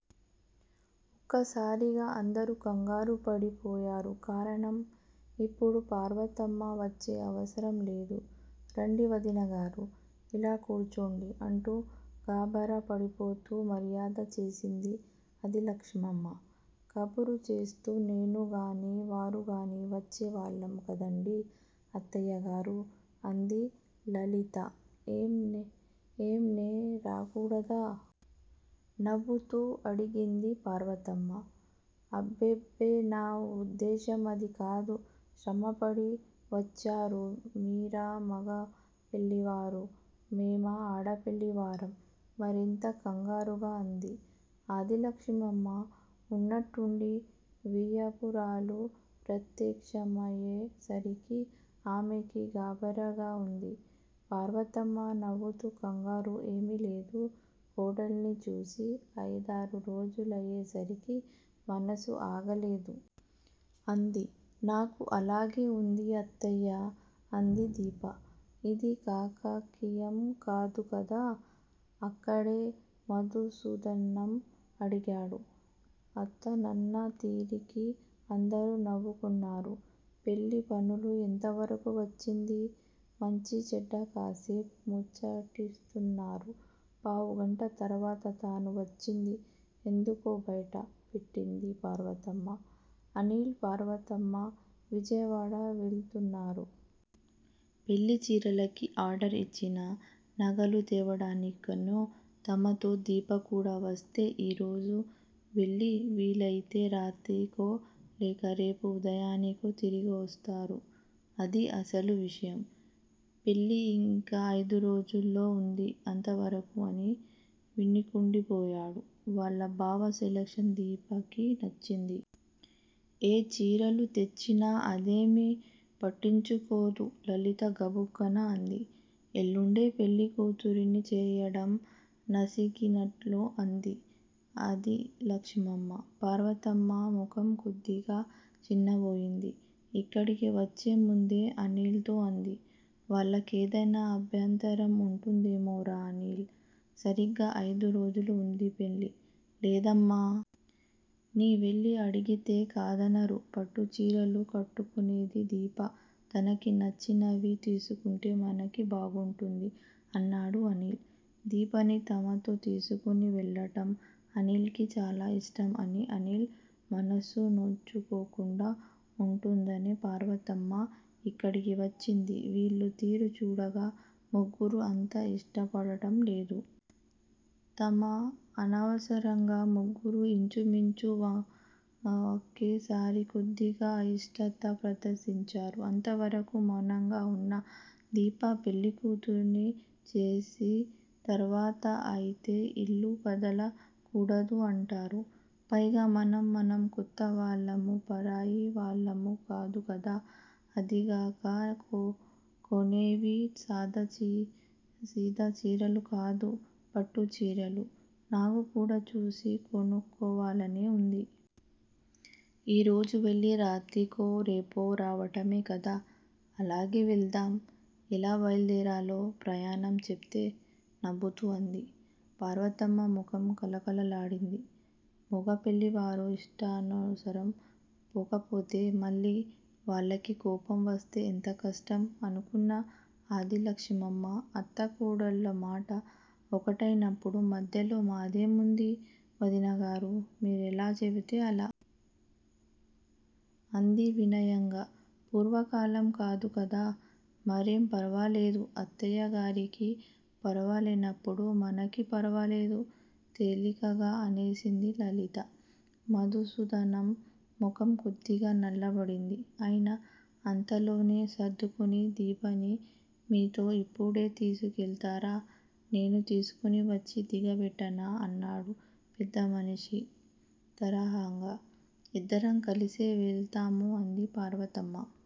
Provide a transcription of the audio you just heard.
వక్కసారిగ అందరూ కంగారుపడి పోయారు కారణం. ఇప్పుడు పార్వతమ్మ వచ్చే అవసరం లేదు. రండి వదినగారూ! ఇలా కూర్చోండి. అంటూ గాభరా పడిపోతూ మర్యాద చేసింది ఆదిలక్ష్మమ్మ. కబురు చేస్తే నేనుగాని వారుగాని వచ్చే వాళ్ళం కదండీ అత్తయ్యగారూ. అంది లలిత. ఏం నే రాకూడదా! నవ్వుతూ అడిగింది పార్వతమ్మ. అబ్బెబ్బె నా వుద్దేశ్యం అదికాదు. శ్రమపడి వచ్చారు మీరా మగ పెళ్ళివారు, మేమా ఆడపెళ్ళి వారం. మరింత కంగారుగా అంది ఆదిలక్ష్మమ్మ వున్నట్లుండి వియ్యపురాలు ప్రత్యక్షమయ్యేసరికి ఆమెకి గాభరాగా వుంది. పార్వతమ్మ నవ్వుతూ కంగారు ఏమీలేదు. కోడలిని చూసి అయిదారు రోజులయేసరికి మనసు ఆగలేదు. అంది. నాకూ అలాగే వుంది అత్తయ్యా! అంది దీప. ఇది కాకాకీయం కాదుకదా. అక్కడే మధుసూదనం అడిగాడు. అతనన్న తీరుకి అందరూ నవ్వుకున్నారు. పెళ్ళి పనులు ఎంతవరకు వచ్చింది. మంచీచెడ్డా కాసేపు ముచ్చటించుకున్నారు. పావుగంట తర్వాత తాను వచ్చింది ఎందుకో బైట పెట్టింది పార్వతమ్మ. అనిల్ పార్వతమ్మ విజయవాడ వెళుతున్నారు. పెళ్ళి చీరలకి ఆర్డర్ ఇచ్చిన నగలు తేవటానికీను. తమతో దీప కూడా వస్తే ఈ రోజు వెళ్ళి వీలయితే రాత్రికో లేక రేపు ఉదయానికో తిరిగివస్తారు అదీ అసలు విషయం. పెళ్ళి ఇంకా అయిదు రోజుల్లో వుంది అంతవరకు అని మిన్నకుండిపోయాడు. వాళ్ళ బావ సెలక్షన్ దీపకి నచ్చింది. ఏ చీరలు తెచ్చినా అదేమీ పట్టించుకోదు లలిత గబుక్కున అంది. ఎళ్ళుండే పెళ్ళి కూతురిని చేయటం నసిగినట్లు అంది ఆదిలక్ష్మమ్మ. పార్వతమ్మ ముఖం కొద్దిగా చిన్నబోయింది. ఇక్కడికి వచ్చేముందు అనిల్ తో అంది. వాళ్ళకేదైనా అభ్యంతరం వుంటుందేమోరా అనీల్. సరీగ అయిదు రోజులువుంది పెళ్ళి. లేదమ్మా! నీవెళ్ళి అడిగితే కాదనరు పట్టుచీరలు కట్టుకునేది దీప తనకి నచ్చినవి తీసుకుంటే మనకి బాగుంటుంది. అన్నాడు అనిల్. దీపని తమతో తీసుకుని వెళ్ళటం అనిల్ కి చాలా ఇష్టం అని అనిల్ మనసు నొచ్చుకోకుండా వుంటుందనే పార్వతమ్మ ఇక్కడికి వచ్చింది వీళ్ళ తీరు చూడగా ముగ్గురు అంత ఇష్టపడటం లేదు. తను అనవసరంగ ముగ్గురు యించుమించు వకేసారి కొద్దిగ అయిష్టత ప్రదర్శించారు. అంతవరకు మౌనంగా వున్న దీప పెళ్ళికూతురుని చేసిం తరువాత అయితే ఇల్లు కదల కూడదు అంటారు. పైగా మనం మనం కొత్తవాళ్ళము పరాయి వాళ్ళము కాదు కదా! అదీగాక కొనేవి సాదా సీదా చీరలు కాదు పట్టుచీరలు, నాకు కూడా చూసి కొనుక్కోవాలనే వుంది. ఈరోజు వెళ్ళి రాత్రికో రేపో రావటమే కదా అలాగే వెళదాం. ఎలా బైలుదేరాలో ప్రయాణం చెపితే నవ్వుతూ అంది. పార్వతమ్మ ముఖం కళకళలాడింది. మొగ పెళ్ళివారి ఇష్టానుసారం పోకపోతే మళ్ళీ వాళ్ళకి కోపం వస్తే ఎంత కష్టం. అనుకున్న ఆదిలక్ష్మమ్మ అత్తా కోడళ్ళమాట వకటైనప్పుడు మధ్యలో మాదేముంది వదినగారూ మీరెలా చెపితే అలా. అంది వినయంగ. పూర్వకాలం కాదు కదా మరేం ఫరవాలేదు అత్తయ్యగారికి ఫరవాలేనప్పుడు మనకి ఫరవాలేదు. తేలికగా అనేసింది లలిత. మధుసూదనం ముఖం కొద్దిగా నల్లబడింది. అయినా అంతలోనే సర్దుకుని దీపని మీతో ఇప్పుడే తీసుకువెళతారా? నేను తీసుకువచ్చి దిగబెట్టనా అన్నాడు పెద్దమనిషి తరహాగా. ఇద్దరం కలిసే వెళతాము అంది పార్వతమ్మ.